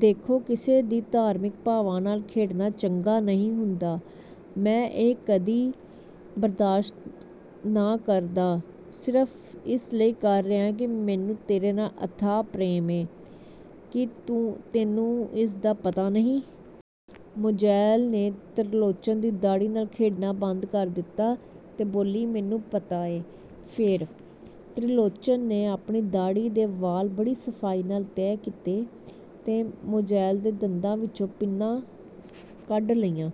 ਦੇਖੋ, ਕਿਸੇ ਦੀ ਧਾਰਮਿਕ ਭਾਵਾ ਨਾਲ ਖੇਡਣਾ ਚੰਗਾ ਨਹੀਂ ਹੁੰਦਾ। ਮੈਂ ਇਹ ਕਦੀ ਬਰਦਾਸ਼ਤ ਨਾ ਕਰਦਾ, ਸਿਰਫ ਇਸ ਲਈ ਕਰ ਰਿਹਾਂ ਕਿ ਮੈਨੂੰ ਤੇਰੇ ਨਾਲ ਅਥਾਹ ਪ੍ਰੇਮ ਏਂ। ਕੀ ਤੈਨੂੰ ਇਸਦਾ ਪਤਾ ਨਹੀਂ? ਮੋਜ਼ੇਲ ਨੇ ਤਿਰਲੋਚਨ ਦੀ ਦਾੜ੍ਹੀ ਨਾਲ ਖੇਡਣਾ ਬੰਦ ਕਰ ਦਿੱਤਾ ਤੇ ਬੋਲੀ, "ਮੈਨੂੰ ਪਤਾ ਏ। " "ਫੇਰ? " ਤਿਰਲੋਚਨ ਨੇ ਆਪਣੀ ਦਾੜ੍ਹੀ ਦੇ ਵਾਲ ਬੜੀ ਸਫ਼ਾਈ ਨਾਲ ਤੈਹ ਕੀਤੇ ਤੇ ਮੋਜ਼ੇਲ ਦੇ ਦੰਦਾਂ ਵਿਚੋਂ ਪਿੰਨਾਂ ਕੱਢ ਲਈਆਂ।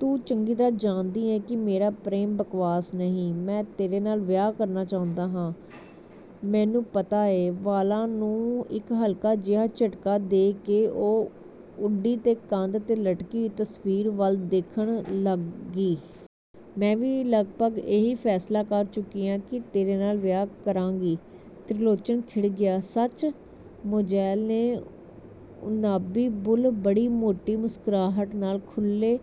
"ਤੂੰ ਚੰਗੀ ਤਰ੍ਹਾਂ ਜਾਣਦੀ ਏਂ ਕਿ ਮੇਰਾ ਪ੍ਰੇਮ ਬਕਵਾਸ ਨਹੀਂ। ਮੈਂ ਤੇਰੇ ਨਾਲ ਵਿਆਹ ਕਰਨਾ ਚਾਹੁੰਦਾ ਆਂ। " "ਮੈਨੂੰ ਪਤਾ ਐ। " ਵਾਲਾਂ ਨੂੰ ਇਕ ਹਲਕਾ ਜਿਹਾ ਝਟਕਾ ਦੇ ਕੇ ਉਹ ਉੱਡੀ ਤੇ ਕੰਧ 'ਤੇ ਲਟਕੀ ਹੋਈ ਤਸਵੀਰ ਵੱਲ ਦੇਖਣ ਲੱਗੀ। "ਮੈਂ ਵੀ ਲਗਭਗ ਇਹੀ ਫ਼ੈਸਲਾ ਕਰ ਚੁੱਕੀ ਆਂ ਕਿ ਤੇਰੇ ਨਾਲ ਵਿਆਹ ਕਰਾਂਗੀ। " ਤਿਰਲੋਚਨ ਖਿੜ ਗਿਆ, "ਸੱਚ? " ਮੋਜ਼ੇਲ ਨੇ ਉਨਾਬੀ ਬੁੱਲ੍ਹ ਬੜੀ ਮੋਟੀ ਮੁਸਕਰਾਹਟ ਨਾਲ ਖੁੱਲ੍ਹੇ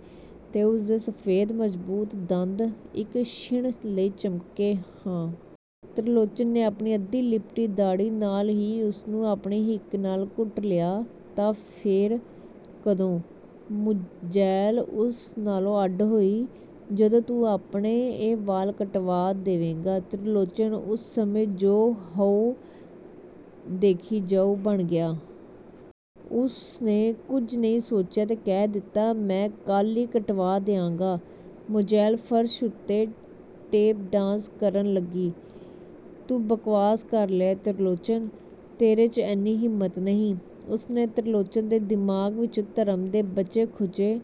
ਤੇ ਉਸਦੇ ਸਫ਼ੇਦ ਮਜ਼ਬੂਤ ਦੰਦ ਇਕ ਛਿਣ ਲਈ ਚਮਕੇ, "ਹਾਂ। " ਤਿਰਲੋਚਨ ਨੇ ਆਪਣੀ ਅੱਧੀ ਲਿਪਟੀ ਦਾੜ੍ਹੀ ਨਾਲ ਹੀ ਉਸਨੂੰ ਆਪਣੀ ਹਿੱਕ ਨਾਲ ਘੁੱਟ ਲਿਆ, "ਤਾਂ, ਫੇਰ, ਕਦੋਂ? " ਮੋਜ਼ੇਲ ਉਸ ਨਾਲੋਂ ਅੱਡ ਹੋਈ। ਜਦੋਂ ਤੂੰ ਆਪਣੇ ਇਹ ਵਾਲ ਕਟਵਾ ਦਵੇਂਗਾ। " ਤਿਰਲੋਚਨ ਉਸ ਸਮੇਂ 'ਜੋ ਹੋਊ, ਦੇਖੀ ਜਾਊ' ਬਣ ਗਿਆ। ਉਸਨੇ ਕੁਝ ਨਹੀਂ ਸੋਚਿਆ ਤੇ ਕਹਿ ਦਿੱਤਾ, "ਮੈਂ ਕਲ੍ਹ ਈ ਕਟਵਾ ਦਿਆਂਗਾ। " ਮੋਜ਼ੇਲ ਫਰਸ਼ ਉੱਤੇ ਟੇਪ ਡਾਂਸ ਕਰਨ ਲੱਗੀ। "ਤੂੰ ਬਕਵਾਸ ਕਰ ਰਿਹਾ ਤਿਰਲੋਚਨ! ਤੇਰੇ 'ਚ ਐਨੀ ਹਿੰਮਤ ਨਹੀਂ। " ਉਸਨੇ ਤਿਰਲੋਚਨ ਦੇ ਦਿਮਾਗ ਵਿਚੋਂ ਧਰਮ ਦੇ ਬਚੇ-ਖੁਚੇ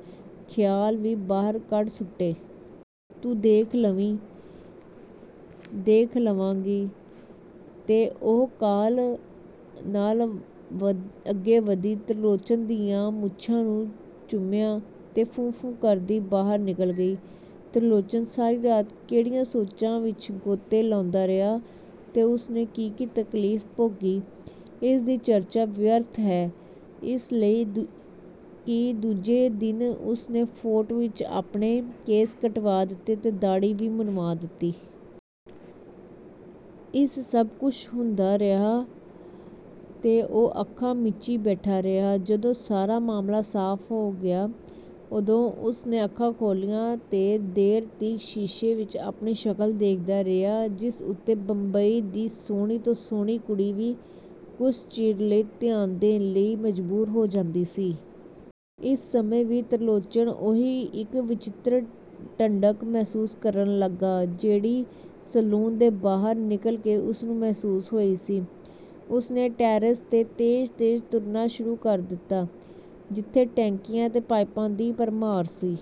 ਖਿਆਲ ਵੀ ਬਾਹਰ ਕੱਢ ਸੁੱਟੇ। "ਤੂੰ ਦੇਖ ਲਵੀਂ। " "ਦੇਖ ਲਵਾਂਗੀ। " ਤੇ ਉਹ ਕਾਹਲ ਨਾਲ ਅੱਗੇ ਵਧੀ। ਤਿਰਲੋਚਨ ਦੀਆਂ ਮੁੱਛਾਂ ਨੂੰ ਚੁੰਮਿਆਂ ਤੇ 'ਫੂੰ-ਫੂੰ' ਕਰਦੀ ਬਾਹਰ ਨਿਕਲ ਗਈ। ਤਿਰਲੋਚਨ ਸਾਰੀ ਰਾਤ ਕਿਹੜੀਆਂ ਸੋਚਾਂ ਵਿਚ ਗੋਤੇ ਲਾਉਂਦਾ ਰਿਹਾ ਤੇ ਉਸਨੇ ਕੀ-ਕੀ ਤਕਲੀਫ਼ ਭੋਗੀ, ਇਸਦੀ ਚਰਚਾ ਵਿਅਰਥ ਹੈ, ਇਸ ਲਈ ਕਿ ਦੂਜੇ ਦਿਨ ਉਸਨੇ ਫੋਰਟ ਵਿਚ ਆਪਣੇ ਕੇਸ ਕਟਵਾ ਦਿੱਤੇ ਤੇ ਦਾੜ੍ਹੀ ਵੀ ਮੁੰਨਵਾ ਦਿੱਤੀ। ਇਸ ਸਭ ਕੁਛ ਹੁੰਦਾ ਰਿਹਾ ਤੇ ਉਹ ਅੱਖਾਂ ਮੀਚੀ ਬੈਠਾ ਰਿਹਾ। ਜਦੋਂ ਸਾਰਾ ਮਾਮਲਾ ਸਾਫ਼ ਹੋ ਗਿਆ, ਉਦੋਂ ਉਸਨੇ ਅੱਖਾਂ ਖੋਲ੍ਹੀਆਂ ਤੇ ਦੇਰ ਤੀਕ ਸ਼ੀਸ਼ੇ ਵਿਚ ਆਪਣੀ ਸ਼ਕਲ ਦੇਖਦਾ ਰਿਹਾ, ਜਿਸ ਉੱਤੇ ਬੰਬਈ ਦੀ ਸੋਹਣੀ ਤੋਂ ਸੋਹਣੀ ਕੁੜੀ ਵੀ ਕੁਛ ਚਿਰ ਲਈ ਧਿਆਨ ਦੇਣ ਲਈ ਮਜਬੂਰ ਹੋ ਜਾਂਦੀ ਸੀ। ਇਸ ਸਮੇਂ ਵੀ ਤਿਰਲੋਚਨ ਉਹੀ ਇਕ ਵਚਿੱਤਰ ਟੰਢਕ ਮਹਿਸੂਸ ਕਰਨ ਲੱਗਾ, ਜਿਹੜੀ ਸੈਲੂਨ ਦੇ ਬਾਹਰ ਨਿਕਲ ਕੇ ਉਸਨੂੰ ਮਹਿਸੂਸ ਹੋਈ ਸੀ। ਉਸਨੇ ਟੈਰੇਸ 'ਤੇ ਤੇਜ਼-ਤੇਜ਼ ਤੁਰਨਾ ਸ਼ੁਰੂ ਕਰ ਦਿੱਤਾ, ਜਿੱਥੇ ਟੈਂਕੀਆਂ ਤੇ ਪਾਈਪਾਂ ਦੀ ਭਰਮਾਰ ਸੀ।